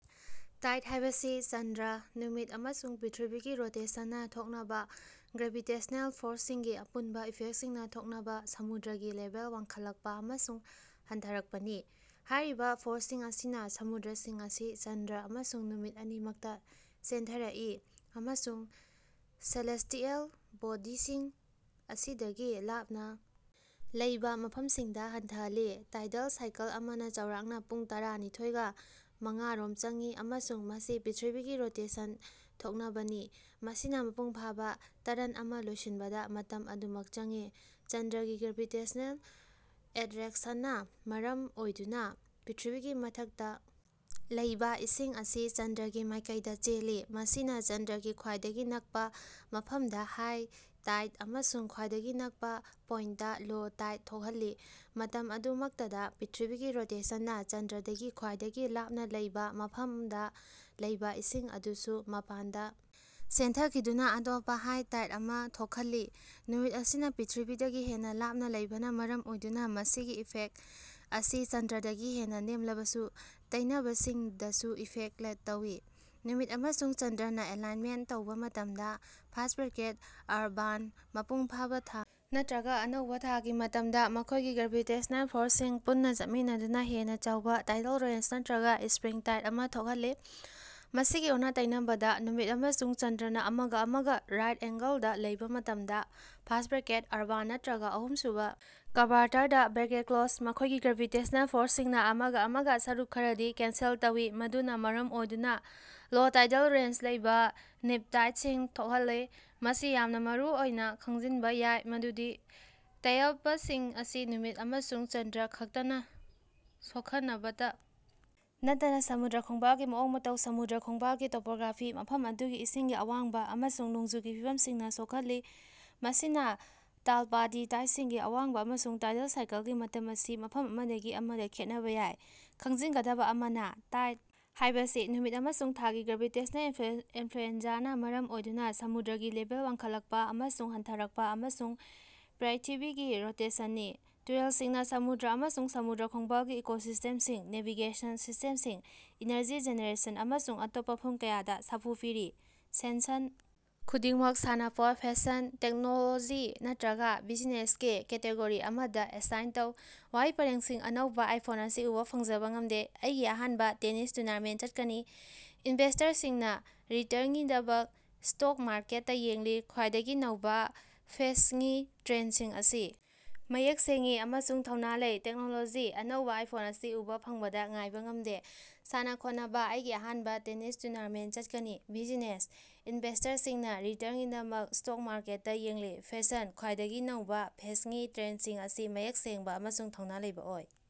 ꯇꯥꯏꯗ ꯍꯥꯏꯕꯁꯤ ꯆꯟꯗ꯭ꯔ, ꯅꯨꯃꯤꯠ ꯑꯃꯁꯨꯡ ꯄ꯭ꯔ꯭ꯤꯊꯤꯕꯤꯒꯤ ꯔꯣꯇꯦꯁꯟꯅ ꯊꯣꯛꯅꯕ ꯒ꯭ꯔꯦꯚꯤꯇꯦꯁꯅꯦꯜ ꯐꯣꯔꯁꯤꯡꯒꯤ ꯑꯄꯨꯟꯕ ꯏꯐꯦꯛꯁꯤꯡꯅ ꯊꯣꯛꯅꯕ ꯁꯃꯨꯗ꯭ꯔꯒꯤ ꯂꯦꯚꯦꯜ ꯋꯥꯡꯈꯠꯂꯛꯄ ꯑꯃꯁꯨꯡ ꯍꯟꯊꯔꯛꯄꯅꯤ꯫ ꯍꯥꯏꯔꯤꯕ ꯐꯣꯔꯁꯤꯡ ꯑꯁꯤꯅ ꯁꯃꯨꯗ꯭ꯔꯁꯤꯡ ꯑꯁꯤ ꯆꯟꯗ꯭ꯔ ꯑꯃꯁꯨꯡ ꯅꯨꯃꯤꯠ ꯑꯅꯤꯃꯛꯇ ꯆꯦꯟꯊꯔꯀꯏ, ꯑꯃꯁꯨꯡ ꯁꯦꯂꯦꯁ꯭ꯇꯤꯑꯦꯜ ꯕꯣꯗꯤꯁꯤꯡ ꯑꯁꯤꯗꯒꯤ ꯂꯥꯞꯅ ꯂꯩꯕ ꯃꯐꯝꯁꯤꯡꯗ ꯍꯟꯊꯍꯜꯂꯤ꯫ ꯇꯥꯏꯗꯜ ꯁꯥꯏꯀꯜ ꯑꯃꯅ ꯆꯥꯎꯔꯥꯛꯅ ꯄꯨꯡ ꯇꯔꯥ ꯅꯤꯊꯣꯏꯒ꯬ ꯃꯉꯥ ꯔꯣꯝ ꯆꯪꯏ ꯑꯃꯁꯨꯡ ꯃꯁꯤ ꯄ꯭ꯔ꯭ꯤꯊꯤꯕꯤꯒꯤ ꯔꯣꯇꯦꯁꯟ ꯊꯣꯛꯅꯕꯅꯤ, ꯃꯁꯤꯅ ꯃꯄꯨꯡꯐꯥꯕ ꯇꯔꯟ ꯑꯃ ꯂꯣꯏꯁꯤꯟꯕꯗ ꯃꯇꯝ ꯑꯗꯨꯃꯛ ꯆꯪꯏ꯫ ꯆꯟꯗ꯭ꯔꯒꯤ ꯒ꯭ꯔꯦꯚꯤꯇꯦꯁꯅꯦꯜ ꯑꯦꯠꯔꯦꯛꯁꯟꯅ ꯃꯔꯝ ꯑꯣꯏꯗꯨꯅ ꯄ꯭ꯔ꯭ꯤꯊꯤꯕꯤꯒꯤ ꯃꯊꯛꯇ ꯂꯩꯕ ꯏꯁꯤꯡ ꯑꯁꯤ ꯆꯟꯗ꯭ꯔꯒꯤ ꯃꯥꯏꯀꯩꯗ ꯆꯦꯜꯂꯤ꯫ ꯃꯁꯤꯅ ꯆꯟꯗ꯭ꯔꯒꯤ ꯈ꯭ꯋꯥꯏꯗꯒꯤ ꯅꯛꯄ ꯃꯐꯝꯗ ꯍꯥꯏ ꯇꯥꯏꯗ ꯑꯃꯁꯨꯡ ꯈ꯭ꯋꯥꯏꯗꯒꯤ ꯅꯛꯄ ꯄꯣꯏꯟꯠꯇ ꯂꯣ ꯇꯥꯏꯗ ꯊꯣꯛꯈꯜꯂꯤ꯫ ꯃꯇꯝ ꯑꯗꯨꯃꯛꯇꯗ ꯄ꯭ꯔ꯭ꯤꯊꯤꯕꯤꯒꯤ ꯔꯣꯇꯦꯁꯟꯅ ꯆꯟꯗ꯭ꯔꯗꯒꯤ ꯈ꯭ꯋꯥꯏꯗꯒꯤ ꯂꯥꯞꯅ ꯂꯩꯕ ꯃꯐꯝꯗ ꯂꯩꯕ ꯏꯁꯤꯡ ꯑꯗꯨꯁꯨ ꯃꯄꯥꯟꯗ ꯆꯦꯟꯊꯈꯤꯗꯨꯅ ꯑꯇꯣꯞꯄ ꯍꯥꯏ ꯇꯥꯏꯗ ꯑꯃꯥ ꯊꯣꯈꯜꯂꯤ꯫ ꯅꯨꯃꯤꯠ ꯑꯁꯤꯅ ꯄ꯭ꯔ꯭ꯤꯊꯤꯕꯤꯗꯒꯤ ꯍꯦꯟꯅ ꯂꯥꯞꯅ ꯂꯩꯕꯅ ꯃꯔꯝ ꯑꯣꯏꯗꯨꯅ ꯃꯁꯤꯒꯤ ꯏꯐꯦꯛꯇ ꯑꯁꯤ ꯆꯟꯗ꯭ꯔꯗꯒꯤ ꯍꯦꯟꯅ ꯅꯦꯝꯂꯕꯁꯨ ꯇꯩꯅꯕꯁꯤꯡꯗꯁꯨ ꯏꯐꯦꯛꯇ ꯇꯧꯏ꯫ ꯅꯨꯃꯤꯠ ꯑꯃꯁꯨꯡ ꯆꯟꯗ꯭ꯔꯅ ꯑꯦꯂꯥꯏꯟꯃꯦꯟꯇ ꯇꯧꯕ ꯃꯇꯝꯗ (ꯑꯔꯕꯥꯟ, ꯃꯄꯨꯡ ꯐꯥꯕ ꯊꯥ ꯅꯠꯠꯔꯒ ꯑꯅꯧꯕ ꯊꯥꯒꯤ ꯃꯇꯝꯗ) ꯃꯈꯣꯏꯒꯤ ꯒ꯭ꯔꯦꯚꯤꯇꯦꯁꯅꯦꯜ ꯐꯣꯔꯁꯤꯡ ꯑꯁꯤ ꯄꯨꯟꯅ ꯆꯠꯃꯤꯟꯅꯗꯨꯅ ꯍꯦꯟꯅ ꯆꯥꯎꯕ ꯇꯥꯏꯗꯜ ꯔꯦꯟꯖ ꯅꯠꯇꯔꯒ ꯁ꯭ꯞꯔꯤꯡ ꯇꯥꯏꯗ ꯑꯃꯥ ꯊꯣꯈꯜꯂꯤ꯫ ꯃꯁꯤꯒꯤ ꯑꯣꯟꯅ-ꯇꯩꯅꯕꯗ, ꯅꯨꯃꯤꯠ ꯑꯃꯁꯨꯡ ꯆꯟꯗ꯭ꯔꯅ ꯑꯃꯒ ꯑꯃꯒ ꯔꯥꯏꯠ ꯑꯦꯉ꯭ꯒꯂꯗꯥ ꯂꯩꯕꯥ ꯃꯇꯝꯗ (ꯑꯔꯕꯥꯟ ꯅꯠꯇꯔꯒ ꯑꯍꯨꯃꯁꯨꯕ ꯀ꯭ꯕꯥꯔꯇꯔꯗꯥ) ꯃꯈꯣꯏꯒꯤ ꯒ꯭ꯔꯦꯚꯤꯇꯦꯁꯅꯦꯜ ꯐꯣꯔꯁꯤꯡꯅ ꯑꯃꯒ ꯑꯃꯒ ꯁꯔꯨꯛ ꯈꯔꯗꯤ ꯀꯦꯟꯁꯦꯜ ꯇꯧꯏ, ꯃꯗꯨꯅ ꯃꯔꯝ ꯑꯣꯏꯗꯨꯅ ꯂꯣ ꯇꯥꯏꯗꯜ ꯔꯦꯟꯖ ꯂꯩꯕ ꯅꯤꯞ ꯇꯥꯏꯗꯁꯤꯡ ꯊꯣꯈꯜꯂꯤ꯫ ꯃꯁꯤ ꯌꯥꯝꯅꯥ ꯃꯔꯨꯑꯣꯏꯅ ꯈꯡꯖꯤꯟꯕ ꯌꯥꯏ ꯃꯗꯨꯗꯤ ꯇꯩꯌꯕꯁꯤꯡ ꯑꯁꯤ ꯅꯨꯃꯤꯠ ꯑꯃꯁꯨꯡ ꯆꯟꯗ꯭ꯔ ꯈꯛꯇꯅ ꯁꯣꯈꯅꯕꯇ ꯅꯠꯇꯅ ꯁꯃꯨꯗ꯭ꯔ ꯈꯣꯡꯕꯥꯂꯒꯤ ꯃꯑꯣꯡ ꯃꯇꯧ, ꯁꯃꯨꯗ꯭ꯔꯒꯤ ꯈꯣꯡꯕꯥꯜꯒꯤ ꯇꯣꯄꯣꯒ꯭ꯔꯥꯐꯤ, ꯃꯐꯝ ꯑꯗꯨꯒꯤ ꯏꯁꯤꯡꯒꯤ ꯑꯋꯥꯡꯕ, ꯑꯃꯁꯨꯡ ꯅꯣꯡꯖꯨꯒꯤ ꯐꯤꯕꯝꯁꯤꯡꯅ ꯁꯣꯈꯜꯂꯤ꯫ ꯃꯁꯤꯅ ꯇꯥꯜꯄꯗꯤ ꯇꯥꯏꯗꯁꯤꯡꯒꯤ ꯑꯋꯥꯡꯕ ꯑꯃꯁꯨꯡ ꯇꯥꯏꯗꯜ ꯁꯥꯏꯀꯜꯒꯤ ꯃꯇꯝ ꯑꯁꯤ ꯃꯐꯝ ꯑꯃꯗꯒꯤ ꯑꯃꯗ ꯈꯦꯠꯅꯕ ꯌꯥꯏ꯫ ꯈꯪꯖꯤꯟꯒꯗꯕ ꯑꯃꯅ, ꯇꯥꯏꯗ ꯍꯥꯌꯕꯁꯤ ꯅꯨꯃꯤꯠ ꯑꯃꯁꯨꯡ ꯊꯥꯒꯤ ꯒ꯭ꯔꯦꯚꯤꯇꯦꯁꯅꯦꯜ ꯏꯅꯐ꯭ꯂꯨꯑꯦꯟꯖꯥꯅ ꯃꯔꯝ ꯑꯣꯏꯗꯨꯅ ꯁꯃꯨꯗ꯭ꯔꯒꯤ ꯂꯦꯚꯦꯜ ꯋꯥꯡꯈꯠꯂꯀꯄ ꯑꯃꯁꯨꯡ ꯍꯟꯊꯔꯀꯄ, ꯑꯃꯁꯨꯡ ꯄ꯭ꯔ꯭ꯏꯊꯤꯕꯤꯒꯤ ꯔꯣꯇꯦꯁꯟꯅꯤ꯫ ꯇꯨꯔꯦꯜꯁꯤꯡꯅ ꯁꯃꯨꯗ꯭ꯔ ꯑꯃꯁꯨꯡ ꯁꯃꯨꯗ꯭ꯔ ꯈꯣꯡꯕꯥꯜꯒꯤ ꯏꯀꯣꯁꯤꯁ꯭ꯇꯦꯝꯁꯤꯡ, ꯅꯦꯚꯤꯒꯦꯁꯟ ꯁꯤꯁ꯭ꯇꯦꯃꯁꯤꯡ, ꯏꯅꯔꯖꯤ ꯖꯦꯅꯦꯔꯦꯁꯟ ꯑꯃꯁꯨꯡ ꯑꯇꯣꯞꯄ ꯃꯐꯝ ꯀꯌꯥꯗ ꯁꯥꯐꯨ ꯄꯤꯔꯤ꯫ ꯁꯦꯟꯁꯟ ꯈꯨꯗꯤꯡꯃꯛ ꯁꯥꯟꯅꯄꯣꯠ, ꯐꯦꯁꯟ, ꯇꯦꯛꯅꯣꯂꯣꯖꯤ ꯅꯠꯇꯔꯒ ꯕꯤꯖꯤꯅꯦꯁꯀꯤ ꯀꯦꯇꯦꯒꯣꯔꯤ ꯑꯃꯗ ꯑꯦꯁꯥꯏꯟ ꯇꯧ꯫ ꯋꯥꯍꯩ ꯄꯔꯦꯡꯁꯤꯡ: -ꯑꯅꯧꯕ ꯑꯥꯏꯐꯣꯟ ꯑꯁꯤ ꯎꯕ ꯐꯪꯖꯕ ꯉꯝꯗꯦ꯫ -ꯑꯩꯒꯤ ꯑꯍꯥꯟꯕ ꯇꯦꯅꯤꯁ ꯇꯨꯔꯅꯥꯃꯦꯟꯠ ꯆꯠꯀꯅꯤ꯫ -ꯏꯟꯚꯦꯁ꯭ꯇꯔꯁꯤꯡꯅ ꯔꯤꯇꯔꯉꯤꯗꯃꯛ ꯁ꯭ꯇꯣꯛ ꯃꯥꯔꯀꯦꯠꯇ ꯌꯦꯡꯂꯤ꯫ -ꯈ꯭ꯋꯥꯏꯗꯒꯤ ꯅꯧꯕ ꯐꯦꯁꯉꯤ ꯇ꯭ꯔꯦꯟꯗꯁꯤꯡ ꯑꯁꯤ ꯃꯌꯦꯛ ꯁꯦꯡꯏ ꯑꯃꯁꯨꯡ ꯊꯧꯅꯥ ꯂꯩ꯫ ꯇꯦꯛꯅꯣꯂꯣꯖꯤ: ꯑꯅꯧꯕ ꯑꯥꯏꯐꯣꯟ ꯑꯁꯤ ꯎꯕ ꯐꯪꯕꯗ ꯉꯥꯏꯕ ꯉꯝꯗꯦ꯫ ꯁꯥꯟꯅ-ꯈꯣꯠꯅꯕ: ꯑꯩꯒꯤ ꯑꯍꯥꯟꯕ ꯇꯦꯅꯤꯁ ꯇꯨꯔꯅꯥꯃꯦꯟꯇ ꯆꯠꯀꯅꯤ꯫ ꯕꯤꯖꯤꯅꯦꯁ: ꯏꯅꯚꯦꯁ꯭ꯇꯔꯁꯤꯡꯅ ꯔꯤꯇꯔꯉꯤꯗꯃꯛ ꯁ꯭ꯇꯣꯛ ꯃꯥꯔꯀꯦꯠꯇ ꯌꯦꯡꯂꯤ꯫ ꯐꯦꯁꯟ: ꯈ꯭ꯋꯥꯏꯗꯒꯤ ꯅꯧꯕ ꯐꯦꯁꯉꯤ ꯇ꯭ꯔꯦꯟꯗꯁꯤꯡ ꯑꯁꯤ ꯃꯌꯦꯛ ꯁꯦꯡꯕ ꯑꯃꯁꯨꯡ ꯊꯧꯅꯥ ꯂꯩꯕ ꯑꯣꯏ꯫